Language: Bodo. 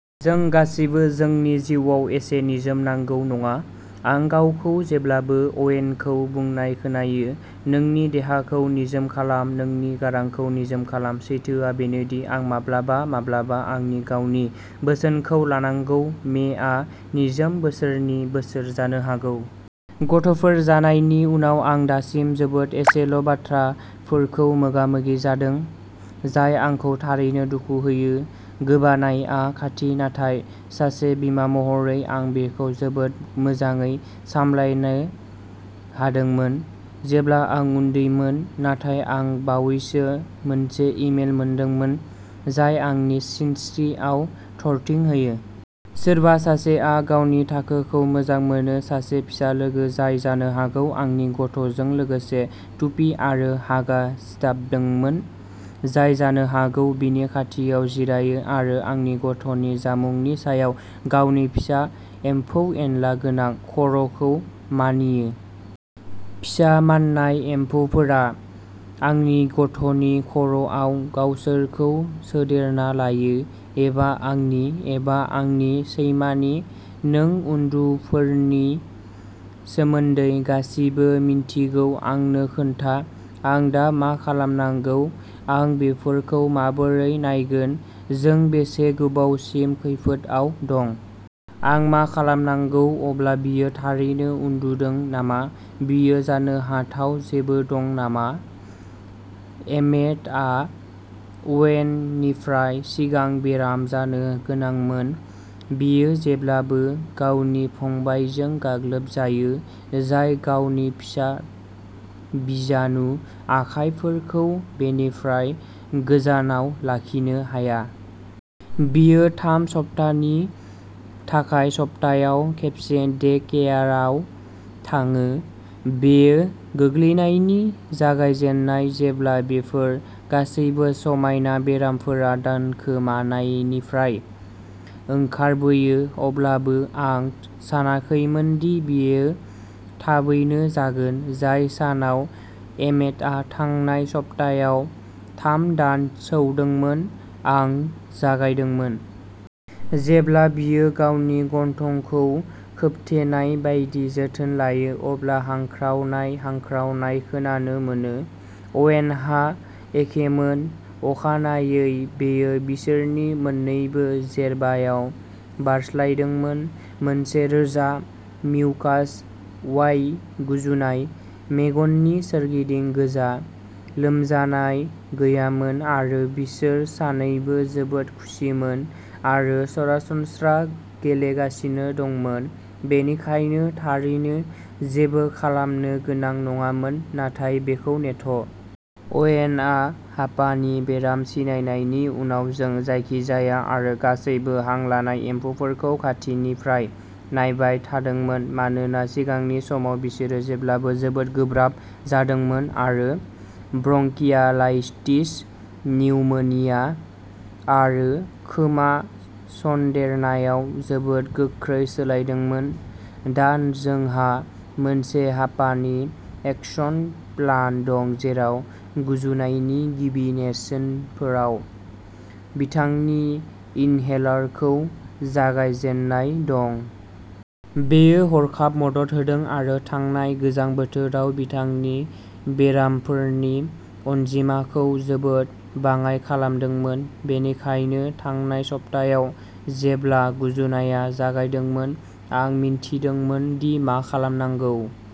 जों गासैबो जोंनि जिउआव एसे निजोम नांगौ, नङा? आं गावखौ जेब्लाबो अवेनखौ बुंनाय खोनायो, नोंनि देहाखौ निजोम खालाम। नोंनि गारांखौ निजोम खालाम। सैथोआ बेनो दि, आं माब्लाबा माब्लाबा आंनि गावनि बोसोनखौ लानांगौ। मे आ निजोम बोसोरनि बोसोर जानो हागौ। गथ'फोर जानायनि उनाव आं दासिम जोबोद एसेल' बाथ्राफोरखौ मोगा मोगि जादों, जाय आंखौ थारैनो दुखु होयो। गोबानायआ खाथि, नाथाय सासे बिमा महरै आं बेखौ जोबोद मोजाङै सामलायनो हादोंमोन, जेब्ला आं उन्दैमोन। नाथाय आं बावैसो मोनसे इमेल मोनदोंमोन, जाय आंनि सिनस्रिआव थरथिं होयो। सोरबा सासेआ गावनि थाखोखौ मोजां मोनो। सासे फिसा लोगो जाय जानो हागौ आंनि गथ'जों लोगोसे टुपि आरो हागा सिथाबदोंमोन। जाय जानो हागौ बिनि खाथियाव जिरायो आरो आंनि गथ'नि जामुंनि सायाव गावनि फिसा एम्फौ एनला गोनां खर'खौ मानियो। फिसा माननाय एम्फौफोरा आंनि गथ'नि खर'आव गावसोरखौ सोदेरना लायो। एबा आंनि। एबा आंनि सैमानि। नों उन्दुफोरनि सोमोन्दै गासिबो मिन्थिगौ आंनो खोन्था। आं दा मा खालामनांगौ? आं बेफोरखौ माबोरै नायगोन? जों बेसे गोबावसिम खैफोदआव दं? आं मा खालामनांगौ, अब्ला, बियो थारैनो उन्दुदों नामा? बियो जानो हाथाव जेबो दं नामा? एमेटआ अवेननिफ्राय सिगां बेराम जानो गोनांमोन। बियो जेब्लाबो गावनि फंबायजों गाग्लोबजायो, जाय गावनि फिसा बिजानु आखायफोरखौ बेनिफ्राय गोजानाव लाखिनो हाया। बियो थाम सप्तानि थाखाय सप्तायाव खेबसे डे केयाराव थाङो। बेयो गोग्लैनायनि जागायजेन्नाय जेब्ला बेफोर गासैबो समायना बेरामफोरा दोनखोमानायनिफ्राय ओंखारबोयो। अब्लाबो, आं सानाखैमोन दि बेयो थाबैनो जागोन। जाय सानाव एमेटआ थांनाय सप्तायाव थाम दान सौदोंमोन आं जागायदोंमोन। जेब्ला बियो गावनि गन्थंखौ खोबथेनाय बायदि जोथोन लायो, अब्ला हांख्रावनाय हांख्रावनाय खोनानो मोनो। अवेनहा एखेमोन। अखानायै बेयो बिसोरनि मोन्नैबो जेरबायाव बारस्लायदोंमोन मोनसे रोजा, मिउकास वाई गुजुनाय। मेगननि सोरगिदिं गोजा। लोमजानाय गैयामोन आरो बिसोर सानैबो जोबोद खुसिमोन आरो सरासनस्रा गेलेगासिनो दंमोन, बेनिखायनो थारैनो जेबो खालामनो गोनां नङामोन नाथाय बेखौ नेथ'। अवेनआ हापानि बेराम सिनायनायनि उनाव जों जायखिजाया आरो गासैबो हां लानाय एम्फौफोरखौ खाथिनिफ्राय नायबाय थादोंमोन, मानोना सिगांनि समाव बिसोरो जेब्लाबो जोबोद गोब्राब जादोंमोन आरो ब्रंकियालाइटिस, निउमोनिया आरो खोमा सन्देरनायाव जोबोद गोख्रै सोलायदोंमोन। दा जोंहा मोनसे हापानि एक्शन प्लान दं जेराव गुजुनायनि गिबि नेरसोनफोराव बिथांनि इनहेलारखौ जागायजेननाय दं। बेयो हरखाब मदद होदों आरो थांनाय गोजां बोथोराव बिथांनि बेरामफोरनि अनजिमाखौ जोबोद बाङाइ खालामदोंमोन। बेनिखायनो थांनाय सप्तायाव जेब्ला गुजुनाया जागायदोंमोन, आं मिन्थिदोंमोन दि मा खालामनांगौ।